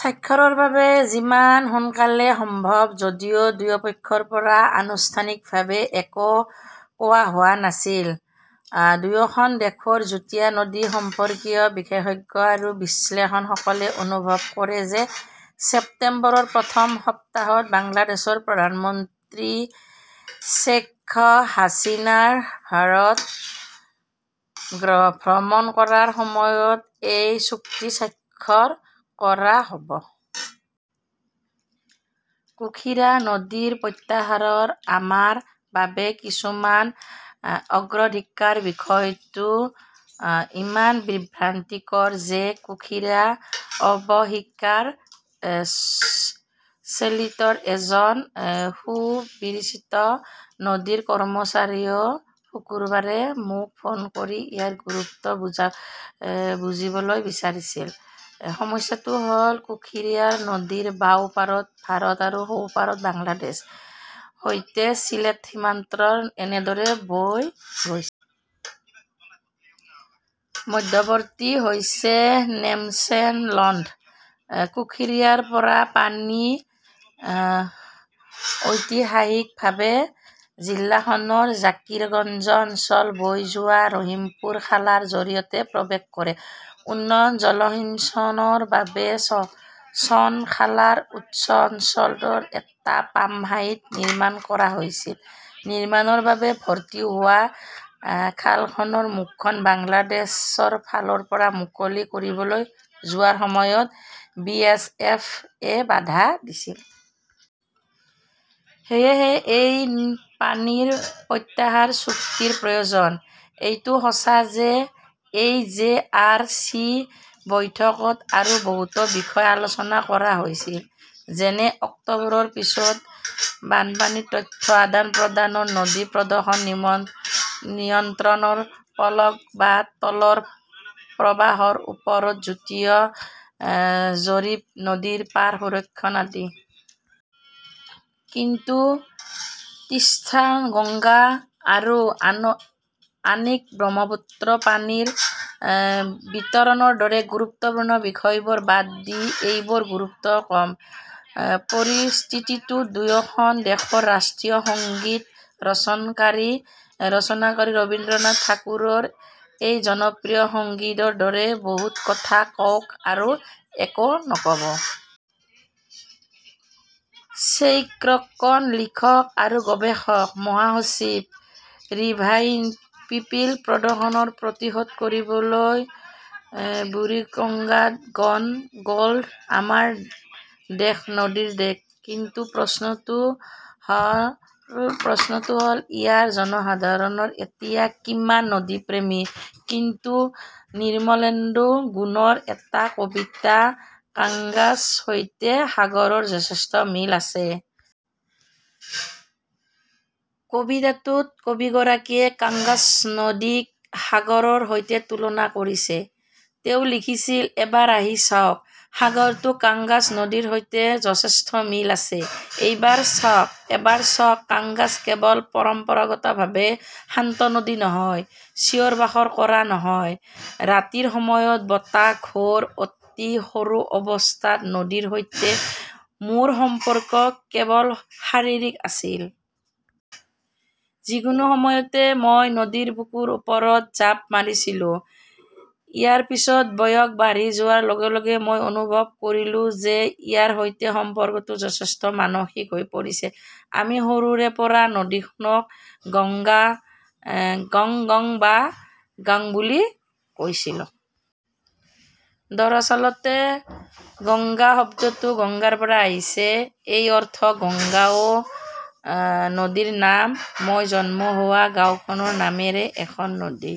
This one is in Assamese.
স্বাক্ষৰৰ বাবে 'যিমান সোনকালে সম্ভৱ'। যদিও দুয়োপক্ষৰ পৰা আনুষ্ঠানিকভাৱে একো কোৱা হোৱা নাই, দুয়োখন দেশৰ যুটীয়া নদী সম্পৰ্কীয় বিশেষজ্ঞ আৰু বিশ্লেষকসকলে অনুভৱ কৰে যে ছেপ্টেম্বৰৰ প্ৰথম সপ্তাহত বাংলাদেশৰ প্ৰধানমন্ত্ৰী শ্বেইখ হাছিনাই ভাৰত ভ্ৰমণ কৰাৰ সময়ত এই চুক্তিত স্বাক্ষৰ কৰা হ 'ব। কুশীৰাৰ পানী প্ৰত্যাহাৰ আমাৰ বাবে কিমান অগ্ৰাধিকাৰ বিষয়টো ইমান বিভ্ৰান্তিকৰ যে কুশীৰা অৱবাহিকাৰ চেলিতৰ এজন সুপৰিচিত নদী কৰ্মচাৰীয়েও শুকুৰবাৰে মোক ফোন কৰি ইয়াৰ গুৰুত্ব বুজিবলৈ বিচাৰিছিল। সমস্যাটো হ 'ল কুশিয়াৰা নদীৰ বাওঁ পাৰত ভাৰত আৰু সোঁ পাৰত বাংলাদেশৰ সৈতে ছিলেট সীমান্তত এনেদৰে বৈ গৈছে। মধ্যৱৰ্তী হৈছে নোমেনছ লেণ্ড । কুশীয়াৰাৰ পৰা পানী ঐতিহাসিকভাৱে জিলাখনৰ জাকিগঞ্জ অঞ্চলত বৈ যোৱা ৰহিমপুৰ খালৰ জৰিয়তে প্ৰৱেশ কৰে। উন্নত জলসিঞ্চনৰ বাবে চনত খালৰ উৎস অঞ্চলত এটা পাম্পহাউছ নিৰ্মাণ কৰা হৈছিল। নিৰ্মাণৰ বাবে ভৰ্তি হোৱা খালখনৰ মুখখন বাংলাদেশৰ ফালৰ পৰা মুকলি কৰিবলৈ যোৱাৰ সময়ত বিএছএফ এ বাধা দিছিল। সেয়েহে এই 'পানী প্ৰত্যাহাৰ চুক্তি ৰ প্ৰয়োজন। এইটো সঁচা যে এই জে. আৰ. চি. বৈঠকত আৰু বহুতো বিষয় আলোচনা কৰা হৈছিল। যেনে অক্টোবৰৰ পিছতো বানপানীৰ তথ্যৰ আদান-প্ৰদান, নদী প্ৰদূষণ নিয়ন্ত্ৰণ, পলস বা তলৰ প্ৰবাহৰ ওপৰত যুটীয়া জৰীপ, নদীৰ পাৰ সংৰক্ষণ আদি। কিন্তু তীস্তা, গংগা আৰু আনকি ব্ৰহ্মপুত্ৰৰ পানীৰ বিতৰণৰ দৰে গুৰুত্বপূৰ্ণ বিষয়বোৰ বাদ দি সেইবোৰৰ গুৰুত্ব কম। পৰিস্থিতিটো দুয়োখন দেশৰ ৰাষ্ট্ৰীয় সংগীতৰ ৰচনাকাৰী ৰবীন্দ্ৰনাথ ঠাকুৰৰ সেই জনপ্ৰিয় সংগীতৰ দৰে-'বহুত কথা কওক আৰু একো নক'ব । শ্বেইখ ৰোকনঃ লেখক আৰু গৱেষক; মহাসচিব, ৰিভাৰাইন পিপল। প্ৰদূষণ প্ৰতিৰোধ কৰিবলৈ বুৰিগঙ্গাত গণ গোসল " আমাৰ দেশ নদীৰ দেশ। কিন্তু প্ৰশ্নটো হ ‘ল ইয়াৰ জনসাধাৰণ এতিয়া কিমান নদীপ্ৰেমী কবি নিৰ্মলেন্দু গুণৰ এটা কবিতা 'কাংছৰ সৈতে সাগৰৰ যথেষ্ট মিল আছে । কবিতাটোত কবিগৰাকীয়ে কাংছ নদীক সাগৰৰ সৈতে তুলনা কৰিছে। তেওঁ লিখিছিল এবাৰ আহি চাওক, সাগৰটো কাংছ নদীৰ সৈতে যথেষ্ট মিল আছে। এবাৰ চাওক, কাংছ কেৱল পৰম্পৰাগতভাৱে শান্ত নদী নহয়, চিঞৰ বাখৰ কৰা হয়, ৰাতিৰ সময়ত বতাহ ঘোঁৰা অতি সৰু অৱস্থাত নদীৰ সৈতে মোৰ সম্পৰ্ক কেৱল শাৰীৰিক আছিল। যিকোনো সময়তে মই নদীৰ বুকুৰ ওপৰত জাপ মাৰিলো। ইয়াৰ পিছত বয়স বাঢ়ি যোৱাৰ লগে লগে মই অনুভৱ কৰিলো যে ইয়াৰ সৈতে সম্পৰ্কটো যথেষ্ট মানসিক হৈ পৰিছে। আমি সৰুৰে পৰাই নদীখনক গংগ, গংগ বা গংগ বুলি কৈছিলোঁ। দৰাচলতে গংগা শব্দটো গংগাৰ পৰা আহিছে। এই অৰ্থত গঙ্গাও নদীৰ নাম। মোৰ জন্ম হোৱা গাওঁখনৰ মাজেৰে এখন নদী